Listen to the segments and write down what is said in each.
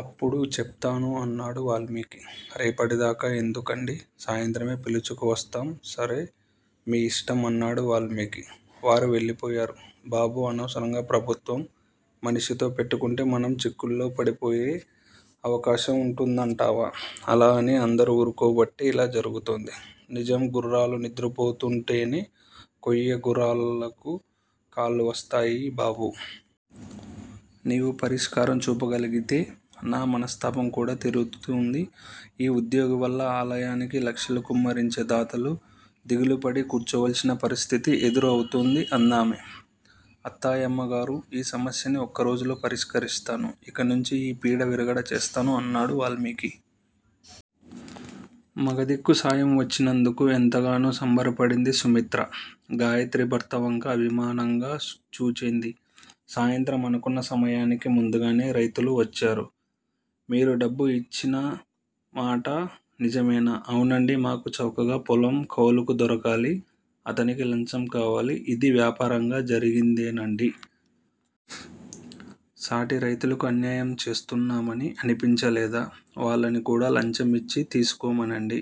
అప్పుడు చెప్తాను అన్నాడు వాల్మీకి! రేపటిదాకా ఎందుకండి. సాయంత్రమే పిలుచుకు వస్తాం సరే మీ యిష్టం అన్నాడు వాల్మీకి. వారు వెళ్ళిపోయారు. బాబూ! అనవసరంగా ప్రభుత్వం మనిషితో పెట్టుకుంటే మనం చిక్కుల్లో పడిపోయే అవకాశం ఉంటుందంటావా? అలా అని అందరూ ఊరుకోబట్టే ఇలా జరుగుతోంది. నిజం గుర్రాలు నిద్రపోతుంటేనే కొయ్య గుర్రాలకు కాళ్ళు వస్తాయి బాబూ! నీవు పరిష్కారం చూపగలిగితే నా మనస్తాపం కూడా తీరుతుంది. ఈ ఉద్యోగి వల్ల ఆలయానికి లక్షలు కుమ్మరించే దాతలు దిగులుపడి కూర్చోవలసిన పరిస్థితి ఎదురు అవుతోంది అందామె. అత్తాయమ్మగారూ! ఈ సమస్యని ఒక్క రోజులో పరిష్కరిస్తాను. ఇకనించి ఈ పీడ విరగడ చేస్తాను అన్నాడు వాల్మీకి. మగదిక్కు సాయం వచ్చినందుకు ఎంతగానో సంబరపడింది సుమిత్ర. గాయత్రి భర్త వంక అభిమానంగా చూచింది. సాయంత్రం అనుకున్న సమయానికి ముందుగానే రైతులు వచ్చారు. మీరు డబ్బు యిచ్చిన మాట నిజమేనా? అవునండి మాకు చౌకగా పొలం కౌలుకు దొరకాలి! అతనికి లంచం కావాలి! ఇది వ్యాపారంగా జరిగిందేనండి! సాటి రైతులకు అన్యాయం చేస్తున్నామని అనిపించలేదా? వాళ్ళని కూడా లంచమిచ్చి తీసుకోమనండి.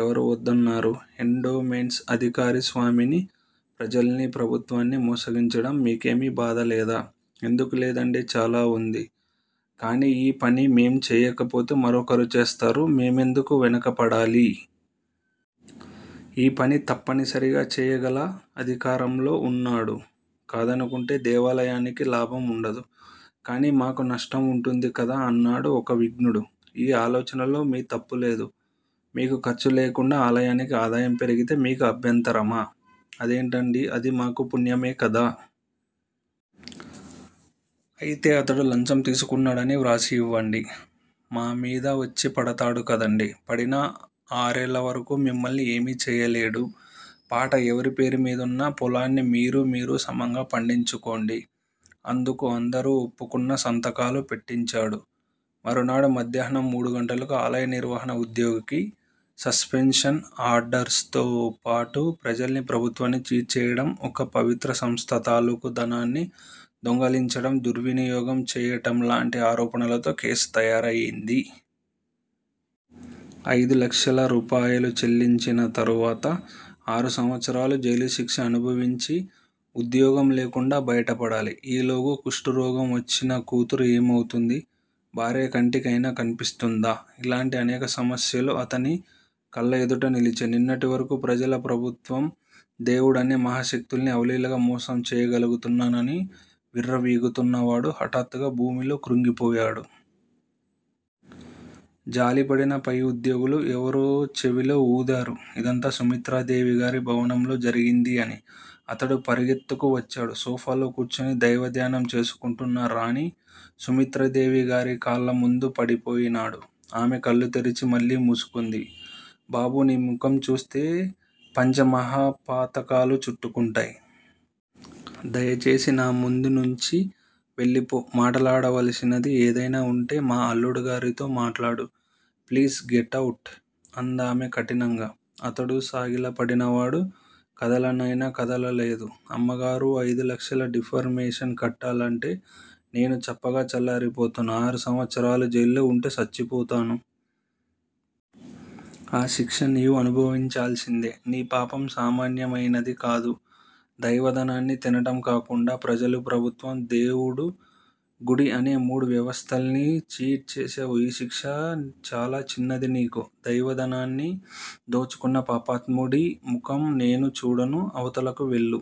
ఎవరు వద్దన్నారు ఎండోమెంట్స్ అధికారి స్వామిని ప్రజల్ని ప్రభుత్వాన్ని మోసగించడం మీకేమీ బాధలేదా? ఎందుకు లేదండి చాలా ఉంది. కాని ఈ పని మేం చేయకపోతే మరొకరు చేస్తారు. మేమెందుకు వెనక పడాలి! ఈ పని తప్పనిసరిగా చేయగల అధికారంలో ఉన్నాడు. కాదనుకుంటే దేవాలయానికి లాభం ఉండదు. కాని మాకు నష్టం ఉంటుంది కదా అన్నాడు ఒక విజ్ఞుడు. ఈ ఆలోచనలో మీ తప్పులేదు. మీకు ఖర్చు లేకుండా ఆలయానికి ఆదాయం పెరిగితే మీకు అభ్యంతరమా. అదేంటండీ! అది మాకూ పుణ్యమే కదా! అయితే అతడు లంచం తీసుకున్నాడని వ్రాసి యివ్వండి!? మా మీదవచ్చి పడతాడు కదండి? పడినా ఆరేళ్ళ వరకూ మిమ్మల్ని ఏమీ చేయలేడు. పాట ఎవరి పేరుమీదున్న పొలాన్ని మీరూ మీరూ సమంగా పండించుకోండి! అందుకు అందరూ ఒప్పుకున్నా సంతకాలు పెట్టించాడు. మరునాడు మధ్యాహ్నం మూడు గంటలకు ఆలయ నిర్వహణ ఉద్యోగికి సస్పెన్షన్ ఆర్డర్స్ తో పాటు ప్రజల్ని ప్రభుత్వాన్ని చీట్ చేయటం ఒక పవిత్ర సంస్థ తాలూకు ధనాన్ని దొంగిలించటం దుర్వినియోగం చేయటంలాంటి ఆరోపణలతో కేసు తయారయింది. అయిదు లక్షల రూపాయలు చెల్లించిన తరువాత ఆరు సంవత్సరాలు జైలు శిక్ష అనుభవించి ఉద్యోగం లేకుండా బయటపడాలి. ఈలోగా కుష్టురోగం వచ్చిన కూతురు ఏమవుతుంది? భార్య కంటికి అయినా కన్పిస్తుందా? ఇలాంటి అనేక సమస్యలు అతని కళ్ళ ఎదుట నిలిచాయి. నిన్నటి వరకూ ప్రజల ప్రభుత్వం దేవుడు అనే మహాశక్తుల్ని అవలీలగా మోసం చేయగలుగుతున్నానని విర్రవీగుతున్నవాడు హఠాత్తుగా భూమిలోకి కృంగిపోయాడు. జాలిపడిన పై ఉద్యోగులు ఎవరో చెవిలో ఊదారు. ఇదంతా సుమిత్రాదేవిగారి భవనంలో జరిగింది అని! అతడు పరుగెత్తుకు వచ్చాడు. సోఫాలో కూర్చుని దైవధ్యానం చేసుకుంటున్న రాణి సుమిత్రదేవి గారి కాళ్ళ ముందు పడిపోయినాడు. ఆమె కళ్ళు తెరిచి మళ్ళీ మూసుకుంది. బాబూ! నీ ముఖం చూస్తే పంచమహాపాతకాలు చుట్టుకుంటాయి. దయచేసి నా ముందునించి వెళ్ళిపో! మాటాడవలసినది ఏదయినా ఉంటే మా అల్లుడు గారితో మాటాడు! Please get out! అందామె కఠినంగా. అతడు సాగిలపడినవాడు కదలనయినా కదలలేదు. అమ్మగారూ! అయిదు లక్షలు డిఫర్ మేషన్ కట్టాలంటే నేను చప్పగా చల్లారిపోతాను. ఆరు సంవత్సరాలు జైల్లో వుంటే చచ్చిపోతాను. ఆ శిక్ష నీవు అనుభవించాల్సిందే! నీ పాపం సామాన్యమయినది కాదు. దైవ ధనాన్ని తినటం కాకుండా ప్రజలు ప్రభుత్వం దేవుడు గుడి అనే మూడు వ్యవస్థల్ని ఛీట్ చేశావు, ఈ శిక్ష చాలా చిన్నది నీకు. దైవధనాన్ని దోచుకున్న పాపాత్ముడి ముఖం నేను చూడను. అవతలకు వెళ్ళు